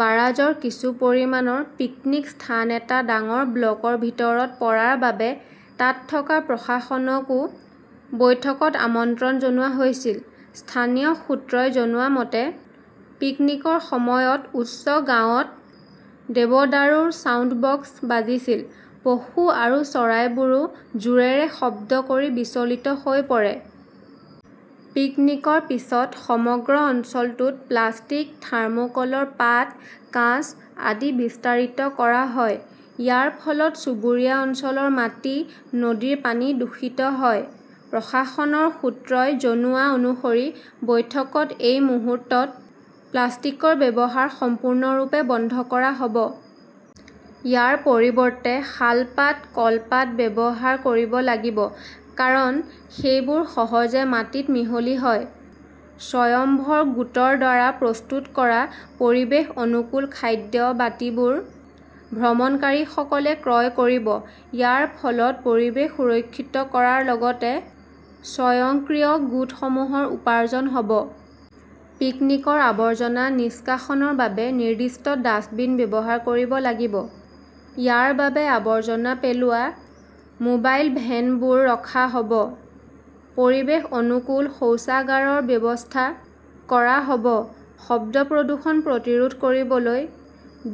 বাৰাজৰ কিছু পৰিমাণৰ পিকনিক স্থান এটা ডাঙৰ ব্লকৰ ভিতৰত পৰাৰ বাবে তাত থকা প্ৰশাসনকও বৈঠকত আমন্ত্ৰণ জনোৱা হৈছিল। স্থানীয় সূত্ৰই জনোৱা মতে, পিকনিকৰ সময়ত উচ্চ গাঁৱত দেৱদাৰুৰ ছাউণ্ডবক্স বাজিছিল। পশু আৰু চৰাইবোৰো জোৰেৰে শব্দ কৰি বিচলিত হৈ পৰে। পিকনিকৰ পিছত সমগ্ৰ অঞ্চলটোত প্লাষ্টিক, থাৰ্মোকলৰ পাত, কাঁচ আদি বিস্তাৰিত কৰা হয়। ইয়াৰ ফলত চুবুৰীয়া অঞ্চলৰ মাটি, নদীৰ পানী দূষিত হয়। প্ৰশাসনৰ সূত্ৰই জনোৱা অনুসৰি বৈঠকত এই মুহূৰ্তত প্লাষ্টিকৰ ব্যৱহাৰ সম্পূৰ্ণৰূপে বন্ধ কৰা হ'ব। ইয়াৰ পৰিৱৰ্তে শালপাত, কলপাত ব্যৱহাৰ কৰিব লাগিব। কাৰণ, সেইবোৰ সহজে মাটিত মিহলি হয়। স্বয়ম্ভৰ গোটৰ দ্বাৰা প্ৰস্তুত কৰা পৰিৱেশ-অনুকূল খাদ্য বাটিবোৰ ভ্ৰমণকাৰীসকলে ক্ৰয় কৰিব। ইয়াৰ ফলত পৰিৱেশ সুৰক্ষিত কৰাৰ লগতে স্বয়ংক্ৰিয় গোটসমূহৰ উপাৰ্জন হ'ব। পিকনিকৰ আৱৰ্জনা নিষ্কাশনৰ বাবে নিৰ্দিষ্ট ডাস্টবিন ব্যৱহাৰ কৰিব লাগিব। ইয়াৰ বাবে আৱৰ্জনা পেলোৱা মোবাইল ভেনবোৰ ৰখা হ'ব। পৰিৱেশ অনুকূল শৌচাগাৰৰ ব্যৱস্থা কৰা হ'ব। শব্দ প্ৰদূষণ প্ৰতিৰোধ কৰিবলৈ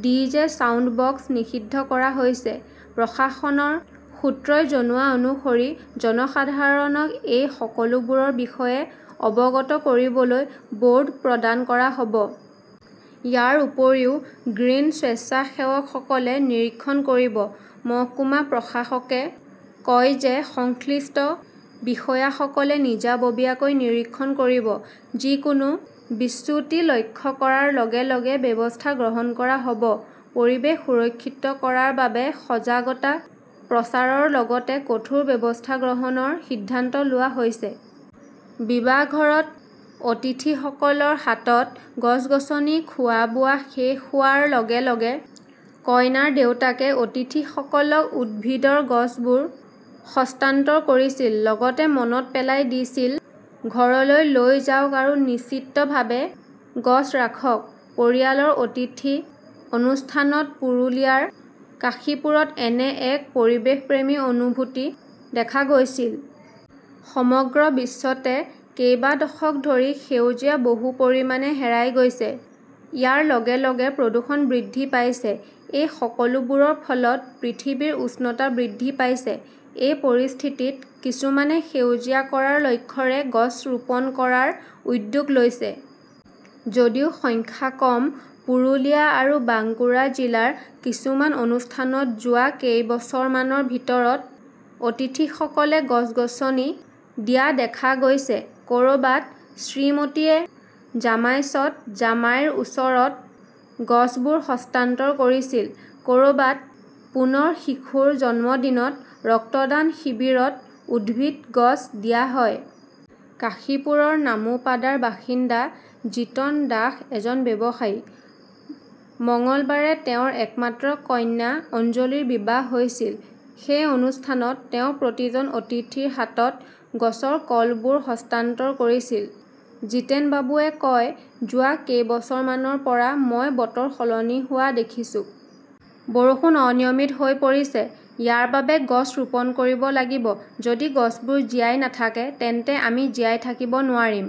ডিজে ছাউণ্ডবক্স নিষিদ্ধ কৰা হৈছে। প্ৰশাসনৰ সূত্ৰই জনোৱা অনুসৰি জনসাধাৰণক এই সকলোবোৰৰ বিষয়ে অৱগত কৰিবলৈ বোৰ্ড প্ৰদান কৰা হ'ব। ইয়াৰ উপৰিও 'গ্ৰীণ স্বেচ্ছাসেৱকসকলে নিৰীক্ষণ কৰিব। মহকুমা প্ৰশাসকে কয় যে সংশ্লিষ্ট বিষয়াসকলে নিজাববীয়াকৈ নিৰীক্ষণ কৰিব। যিকোনো বিচ্যুতি লক্ষ্য কৰাৰ লগে লগে ব্যৱস্থা গ্ৰহণ কৰা হ'ব। 'পৰিৱেশ সুৰক্ষিত কৰাৰ বাবে সজাগতা প্ৰচাৰৰ লগতে কঠোৰ ব্যৱস্থা গ্ৰহণৰ সিদ্ধান্ত লোৱা হৈছে।'। বিবাহঘৰত অতিথিসকলৰ হাতত গছ-গছনি খোৱা-বোৱা শেষ হোৱাৰ লগে লগে কইনাৰ দেউতাকে অতিথিসকলক উদ্ভিদৰ গছবোৰ হস্তান্তৰ কৰিছিল। লগতে মনত পেলাই দিছিল-'ঘৰলৈ লৈ যাওক আৰু নিশ্চিতভাৱে গছ ৰাখক। 'পৰিয়ালৰ অতিথি অনুষ্ঠানত পুৰুলিয়াৰ কাশীপুৰত এনে এক পৰিৱেশপ্ৰেমী অনুভূতি দেখা গৈছিল। সমগ্ৰ বিশ্বতে কেইবা দশক ধৰি সেউজীয়া বহু পৰিমাণে হেৰাই গৈছে। ইয়াৰ লগে লগে প্ৰদূষণ বৃদ্ধি পাইছে। এই সকলোবোৰৰ ফলত পৃথিৱীৰ উষ্ণতা বৃদ্ধি পাইছে। এই পৰিস্থিতিত, কিছুমানে সেউজীয়া কৰাৰ লক্ষ্যৰে গছ ৰোপণ কৰাৰ উদ্যোগ লৈছে। যদিও সংখ্যা কম, পুৰুলিয়া আৰু বাংকুৰা জিলাৰ কিছুমান অনুষ্ঠানত যোৱা কেইবছৰমানৰ ভিতৰত অতিথিসকলে গছ-গছনি দিয়া দেখা গৈছে। কৰবাত, শ্ৰীমতীয়ে জামাইশত জামাইৰ ওচৰত গছবোৰ হস্তান্তৰ কৰিছিল। কৰবাত, পুনৰ শিশুৰ জন্মদিনত, ৰক্তদান শিবিৰত উদ্ভিদ গছ দিয়া হয়। কাশীপুৰৰ নামোপাদাৰ বাসিন্দা জিতন দাস এজন ব্যৱসায়ী। মঙলবাৰে তেওঁৰ একমাত্ৰ কন্যা অঞ্জলীৰ বিবাহ হৈছিল। সেই অনুষ্ঠানত তেওঁ প্ৰতিজন অতিথিৰ হাতত গছৰ কলবোৰ হস্তান্তৰ কৰিছিল। জিতেনবাবুৱে কয়, 'যোৱা কেইবছৰমানৰ পৰা মই বতৰ সলনি হোৱা দেখিছোঁ। বৰষুণ অনিয়মিত হৈ পৰিছে। ইয়াৰ বাবে গছ ৰোপণ কৰিব লাগিব। যদি গছবোৰ জীয়াই নাথাকে তেন্তে আমি জীয়াই থাকিব নোৱাৰিম।